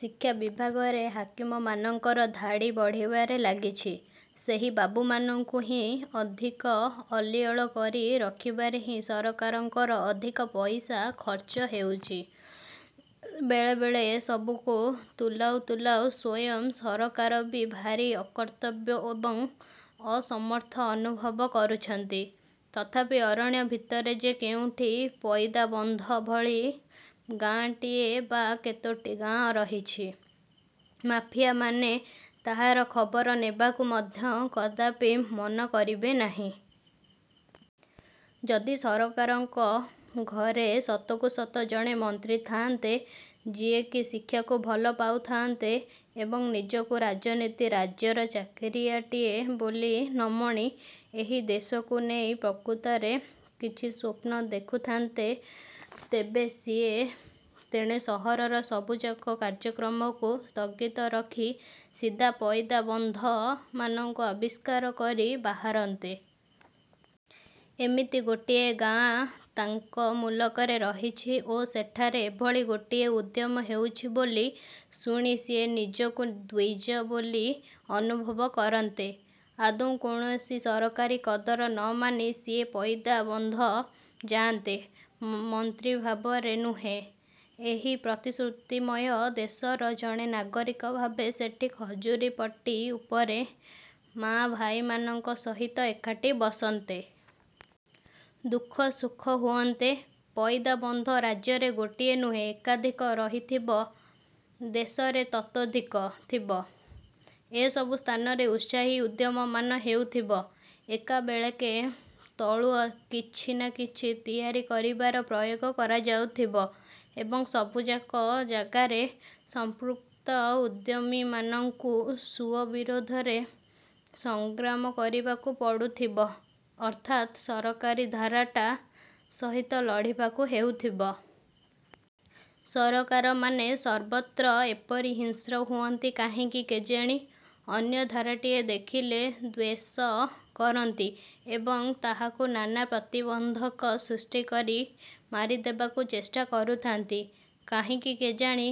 ଶିକ୍ଷା ବିଭାଗରେ ହାକିମମାନଙ୍କର ଧାଡ଼ି ବଢ଼ିବାରେ ଲାଗିଛି। ସେହି ବାବୁମାନଙ୍କୁ ହିଁ ଅଧିକ ଅଲିଅଳ କରି ରଖିବାରେ ହିଁ ସରକାରଙ୍କର ଅଧିକ ପଇସା ଖରଚ ହେଉଛି। ବେଳେବେଳେ ଏସବୁକୁ ତୁଲାଉ ତୁଲାଉ ସ୍ୱୟଂ ସରକାର ବି ଭାରି ଅକର୍ତ୍ତବ୍ୟ ଏବଂ ଅସମର୍ଥ ଅନୁଭବ କରୁଛନ୍ତି। ତଥାପି ଅରଣ୍ୟ ଭିତରେ ଯେ କେଉଁଠି ପଇଦାବନ୍ଧ ଭଳି ଗାଆଁଟିଏ ବା କେତୋଟି ଗାଆଁ ରହିଛି, ମାଫିଆମାନେ ତାହାର ଖବର ନେବାକୁ ମଧ୍ୟ କଦାପି ମନ କରିବେ ନାହିଁ। ଯଦି ସରକାରଙ୍କ ଘରେ ସତକୁ ସତ ଜଣେ ମନ୍ତ୍ରୀ ଥାଆନ୍ତେ, ଯିଏକି ଶିକ୍ଷାକୁ ଭଲ ପାଉଥାଆନ୍ତେ ଏବଂ ନିଜକୁ ରାଜନୀତି ରାଜ୍ୟର ଚାକିରିଆଟିଏ ବୋଲି ନମଣି ଏହି ଦେଶକୁ ନେଇ ପ୍ରକୃତରେ କିଛି ସ୍ୱପ୍ନ ଦେଖୁଥାନ୍ତେ, ତେବେ ସିଏ ତେଣେ ସହରର ସବୁଯାକ କାର୍ଯ୍ୟକ୍ରମକୁ ସ୍ଥଗିତ ରଖି ସିଧା ପଇଦାବନ୍ଧ ମାନଙ୍କୁ ଆବିଷ୍କାର କରି ବାହାରନ୍ତେ। ଏମିତି ଗୋଟିଏ ଗାଆଁ ତାଙ୍କ ମୁଲକରେ ରହିଛି ଓ ସେଠାରେ ଏଭଳି ଗୋଟିଏ ଉଦ୍ୟମ ହେଉଛି ବୋଲି ଶୁଣି ସିଏ ନିଜକୁ ଦ୍ୱିଜ ବୋଲି ଅନୁଭବ କରନ୍ତେ। ଆଦୌ କୌଣସି ସରକାରୀ କଦର ନମାନି ସିଏ ପଇଦାବନ୍ଧ ଯାଆନ୍ତେ। ମନ୍ତ୍ରୀ ଭାବରେ ନୁହେଁ, ଏହି ପ୍ରତିଶ୍ରୁତିମୟ ଦେଶର ଜଣେ ନାଗରିକ ଭାବେ ସେଠି ଖଜୁରିପଟି ଉପରେ ମାଆ ଭାଇମାନଙ୍କ ସହିତ ଏକାଠି ବସନ୍ତେ। ଦୁଃଖ ସୁଖ ହୁଅନ୍ତେ। ପଇଦାବନ୍ଧ ରାଜ୍ୟରେ ଗୋଟିଏ ନୁହେଁ, ଏକାଧିକ ରହିଥିବ। ଦେଶରେ ତତୋଃଧିକ। ଥିବ। ଏସବୁ ସ୍ଥାନରେ ଉତ୍ସାହୀ ଉଦ୍ୟମମାନ ହେଉଥିବ। ଏକାବେଳେକେ ତଳୁ କିଛି ନା କିଛି ତିଆରି କରିବାର ପ୍ରୟୋଗ କରାଯାଉଥିବ ଏବଂ ସବୁଯାକ ଜାଗାରେ ସମ୍ପୃକ୍ତ ଉଦ୍ୟମୀମାନଙ୍କୁ ସୁଅ ବିରୋଧରେ ସଂଗ୍ରାମ କରିବାକୁ ପଡୁଥିବ ଅର୍ଥାତ୍ ସରକାରୀ ଧାରାଟା ସହିତ ଲଢ଼ିବାକୁ ହେଉଥିବ। ସରକାରମାନେ ସର୍ବତ୍ର ଏପରି ହିଂସ୍ର ହୁଅନ୍ତି କାହିଁକି କେଜାଣି? ଅନ୍ୟ ଧାରାଟିଏ ଦେଖିଲେ ଦ୍ୱେଷ କରନ୍ତି ଏବଂ ତାହାକୁ ନାନା ପ୍ରତିବନ୍ଧକ ସୃଷ୍ଟିକରି ମାରିଦେବାକୁ ଚେଷ୍ଟା କରୁଥାନ୍ତି କାହିଁକି କେଜାଣି?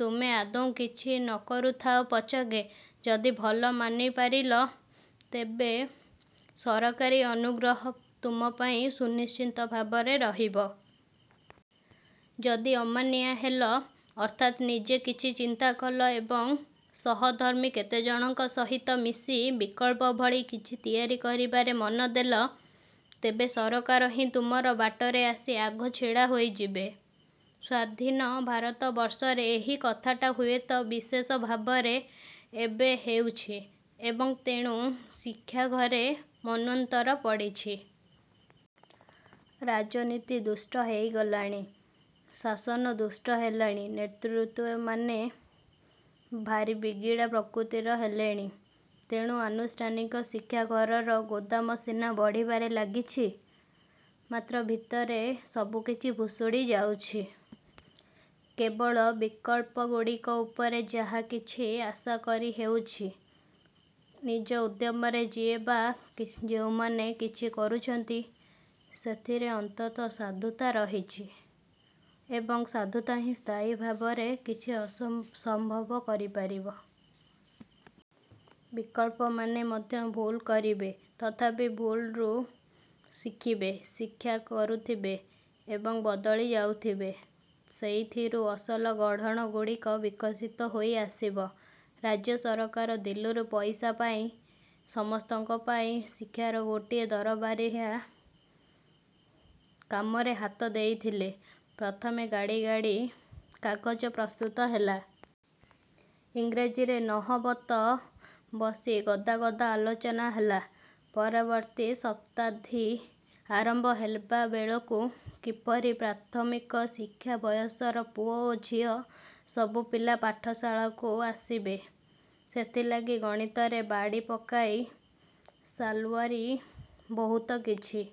ତୁମେ ଆଦୌ କିଛି ନକରୁଥାଅ ପଛକେ, ଯଦି ବୋଲ ମାନିପାରିଲ, ତେବେ ସରକାରୀ ଅନୁଗ୍ରହ ତୁମ ପାଇଁ ସୁନିଶ୍ଚିତ ଭାବରେ ରହିବ। ଯଦି ଅମାନିଆ ହେଲ, ଅର୍ଥାତ୍ ନିଜେ କିଛି ଚିନ୍ତା କଲ ଏବଂ ସହଧର୍ମୀ କେତେଜଣଙ୍କ ସହିତ ମିଶି ବିକଳ୍ପ ଭଳି କିଛି ତିଆରି କରିବାରେ ମନଦେଲ, ତେବେ ସରକାର ହିଁ ତୁମର ବାଟରେ ଆସି ଆଗ ଛିଡ଼ା ହୋଇଯିବେ। ସ୍ଵାଧୀନ ଭାରତବର୍ଷରେ ଏହି କଥାଟା ହୁଏତ ବିଶେଷ ଭାବରେ ଏବେ ହେଉଛି ଏବଂ ତେଣୁ ଶିକ୍ଷାଘରେ ମନ୍ୱନ୍ତର ପଡ଼ିଛି। ରାଜନୀତି ଦୁଷ୍ଟ ହୋଇଗଲାଣି, ଶାସନ ଦୁଷ୍ଟ ହେଲାଣି, ନେତୃତ୍ୱମାନେ ଭାରି ବିଗିଡ଼ା ପ୍ରକୃତିର ହେଲେଣି। ତେଣୁ ଆନୁଷ୍ଠାନିକ ଶିକ୍ଷାଘରର ଗୋଦାମ ସିନା ବଢ଼ିବାରେ ଲାଗିଛି, ମାତ୍ର ଭିତରେ ସବୁକିଛି ଭୁଷଡ଼ି ଯାଉଛି। କେବଳ ବିକଳ୍ପଗୁଡ଼ିକ ଉପରେ ଯାହା କିଛି ଆଶା କରି ହେଉଛି। ନିଜ ଉଦ୍ୟମରେ ଯିଏ ବା ଯେଉଁମାନେ କିଛି କରୁଛନ୍ତି, ସେଥିରେ ଅନ୍ତତଃ ସାଧୁତା ରହିଛି ଏବଂ ସାଧୁତା ହିଁ ସ୍ଥାୟୀ ଭାବରେ କିଛି ସମ୍ଭବ କରିପାରିବ! ବିକଳ୍ପମାନେ ମଧ୍ୟ ଭୁଲ କରିବେ, ତଥାପି ଭୁଲରୁ ଶିଖିବେ। ଶିକ୍ଷା କରୁଥିବେ ଏବଂ ବଦଳି ଯାଉଥିବେ। ସେଇଥିରୁ ଅସଲ ଗଢ଼ଣ ଗୁଡ଼ିକ ବିକଶିତ ହୋଇଆସିବ। ରାଜ୍ୟ ସରକାର ଦିଲ୍ଲୀରୁ ପଇସା ପାଇ ସମସ୍ତଙ୍କ ପାଇଁ ଶିକ୍ଷାର ଗୋଟିଏ ଦରବାରିଆ କାମରେ ହାତ ଦେଇଥିଲେ। ପ୍ରଥମେ ଗାଡ଼ି ଗାଡ଼ି କାଗଜ ପ୍ରସ୍ତୁତ ହେଲା। ଇଂରାଜୀରେ ନହବତ ବସି ଗଦା ଗଦା ଆଲୋଚନା ହେଲା। ପରବର୍ତ୍ତୀ ଶତାବ୍ଦୀ ଆରମ୍ଭ ହେବାବେଳକୁ କିପରି ପ୍ରାଥମିକ ଶିକ୍ଷା ବୟସର ପୁଅ ଓ ଝିଅ ସବୁପିଲା ପାଠଶାଳାକୁ ଆସିବେ, ସେଥିଲାଗି ଗଣିତରେ ବାଡ଼ି ପକାଇ ସାଲୱାରି ବହୁତ କିଛି